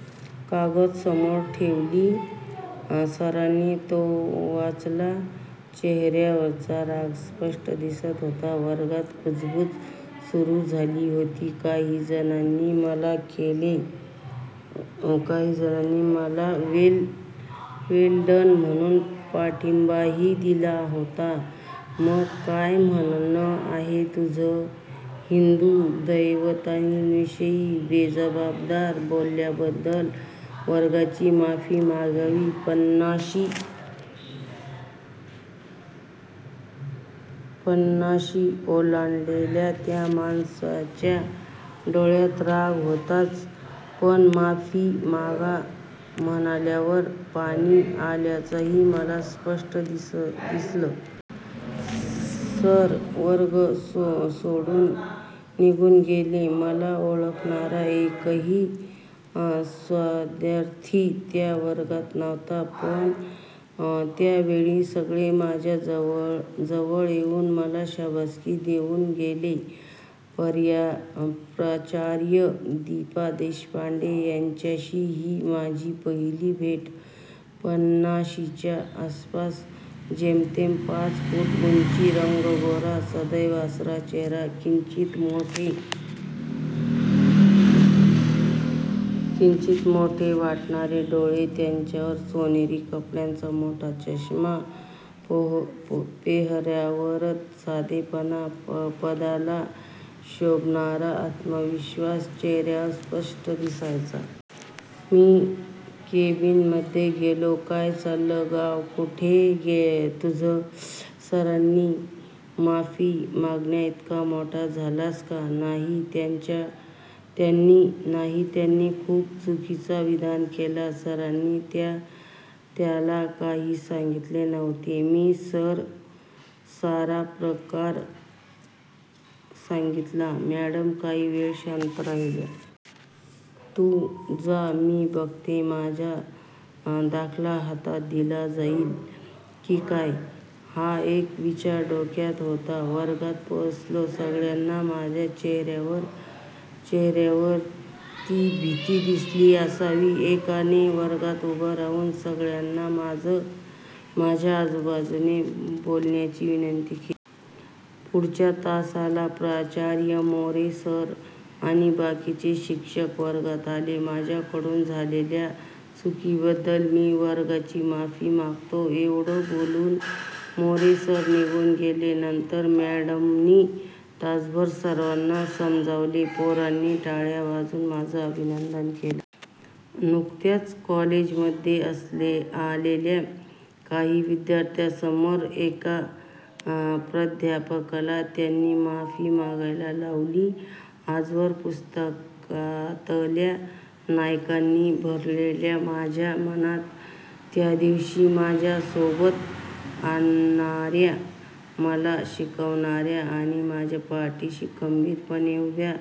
" कागद समोर ठेवला. सरांनी तो वाचला, चेहर्यावरचा राग स्पष्ट दिसत होता. वर्गात कुजबूज सुरू झाली होती. काहीजणांनी मला वेल डन म्हणून पाठींबाही दिला होता. "मग काय म्हणनं आहे तुझं? " "हिंदु दैवतांविषयी बेजबाबदार बोलल्याबद्दल वर्गाची माफी मागावी" पन्नाशी ओलांडलेल्या त्या माणसाच्या डोळ्यात राग होताच पण माफी मागा म्हणाल्यावर पाणी आल्याचंही मला स्पष्ट दिसलं. सर वर्ग सोडून निघून गेले. मला ओळखणारा एकही विध्यार्थी त्या वर्गात नव्हता पण त्या वेळी सगळे माझ्या जवळ येऊन मला शाबासकी देऊन गेले. प्राचार्या दिपा देशपांडे यांच्याशी ही माझी पहिली भेट. पन्नाशीच्या आसपास, जेमतेम पाच फुट उंची, गोरा रंग, सदैव हसरा चेहरा, किंचीत मोठे वाटणारे डोळे, त्यावर सोनेरी काड्यांचा मोठा चष्मा, पेहरावात साधेपणा, पदाला शोभणारा आत्मविश्वास चेहर्यावर स्पष्ट दिसायचा. मी केबीनमधे गेलो. "काय चाललय? गाव कुठलं तुझं? " "सरांनी माफी मागण्याइतका मोठा झालास का? " "नाही. त्यानी खूप चुकिची विधानं केली" सरांनी त्याना काही सांगितलेलं नव्हतं. मी सारा प्रकार सांगितला. मॅडम काही वेळ शांत राहिल्या. "तू जा मी बघते" माझा दाखला हातात दिला जाईल की काय? हा एकच विचार डोक्यात होता. वर्गात पोहोचलो. सगळ्यांना माझ्या चेहर्यावर ती भिती दिसली असावी. एकाने वर्गात उभा राहून सगळ्यांना माझ्या बाजूने बोलण्याची विनंती केली. पुढच्याच तासाला प्राचार्या, मोरे सर आणि बाकीचे शिक्षक वर्गात आले. "माझ्याकडून झालेल्या चुकिबद्दल मी वर्गाची माफी मागतो" एवढ बोलून मोरे सर निघून गेले. नंतर मॅडमनी तासभर सर्वांना समजावले. पोरांनी टाळ्या वाजवून माझं अभिनंदन केलं. नुकत्याच कॉलेजमधे आलेल्या एका विध्यार्थ्यासमोर एका प्राध्यापकाला त्यानी माफी मागायला लावली. आजवर पुस्तकातल्या नायकांनी भरलेल्या माझ्या मनात त्यादिवशी माझ्या सोबत असणार्या, मला शिकवणार्या आणि माझ्या पाठीशी खंबीरपणे उभा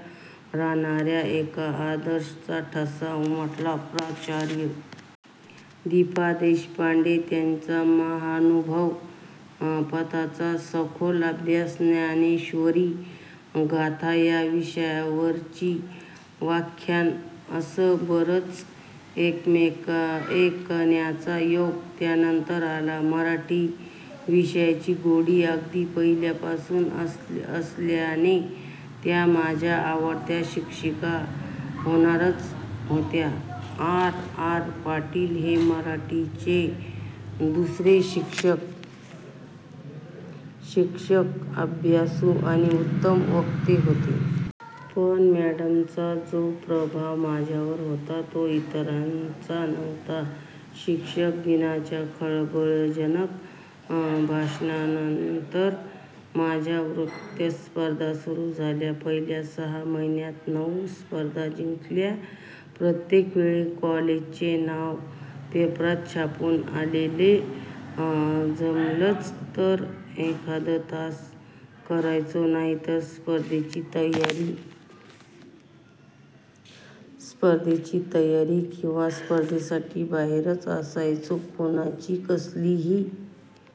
राहणार्या एका आदर्शाचा ठसा उमटला. प्राचार्या दिपा देशपांडे. त्यांचा महानुभव पंथाचा सखोल अभ्यास, ज्ञानेश्वरी, गाथा या विषयांवरची व्याख्यानं असं बरच ऐकण्याचा योग त्यानंतर आला. मराठी विषयाची गोडी अगदी पहिल्यापासून असल्याने त्या माझ्या आवडत्या शिक्षीका होणारच होत्या. आर. आर. पाटील हे मराठीचे दुसरे शिक्षकही अभ्यासू आणि उत्तम वक्ते होते. पण मॅडमचा जो प्रभाव माझ्यावर होता तो इतरांचा नव्हता. शिक्षक दिनाच्या खळबळजनक भषणानंतर माझ्या वक्तृत्व स्पर्धा सुरू झाल्या. पहिल्या सहा महिन्यात नऊ स्पर्धा जिंकलेल्या. प्रत्येक वेळी कॉलेजचे नाव पेपरात छापून आलेलं. जमलच तर एखादा तास करायचो नाहीतर स्पर्धेची तयारी किंवा स्पर्धेसाठी बाहेरच असायचो. कुणाची कसलीही--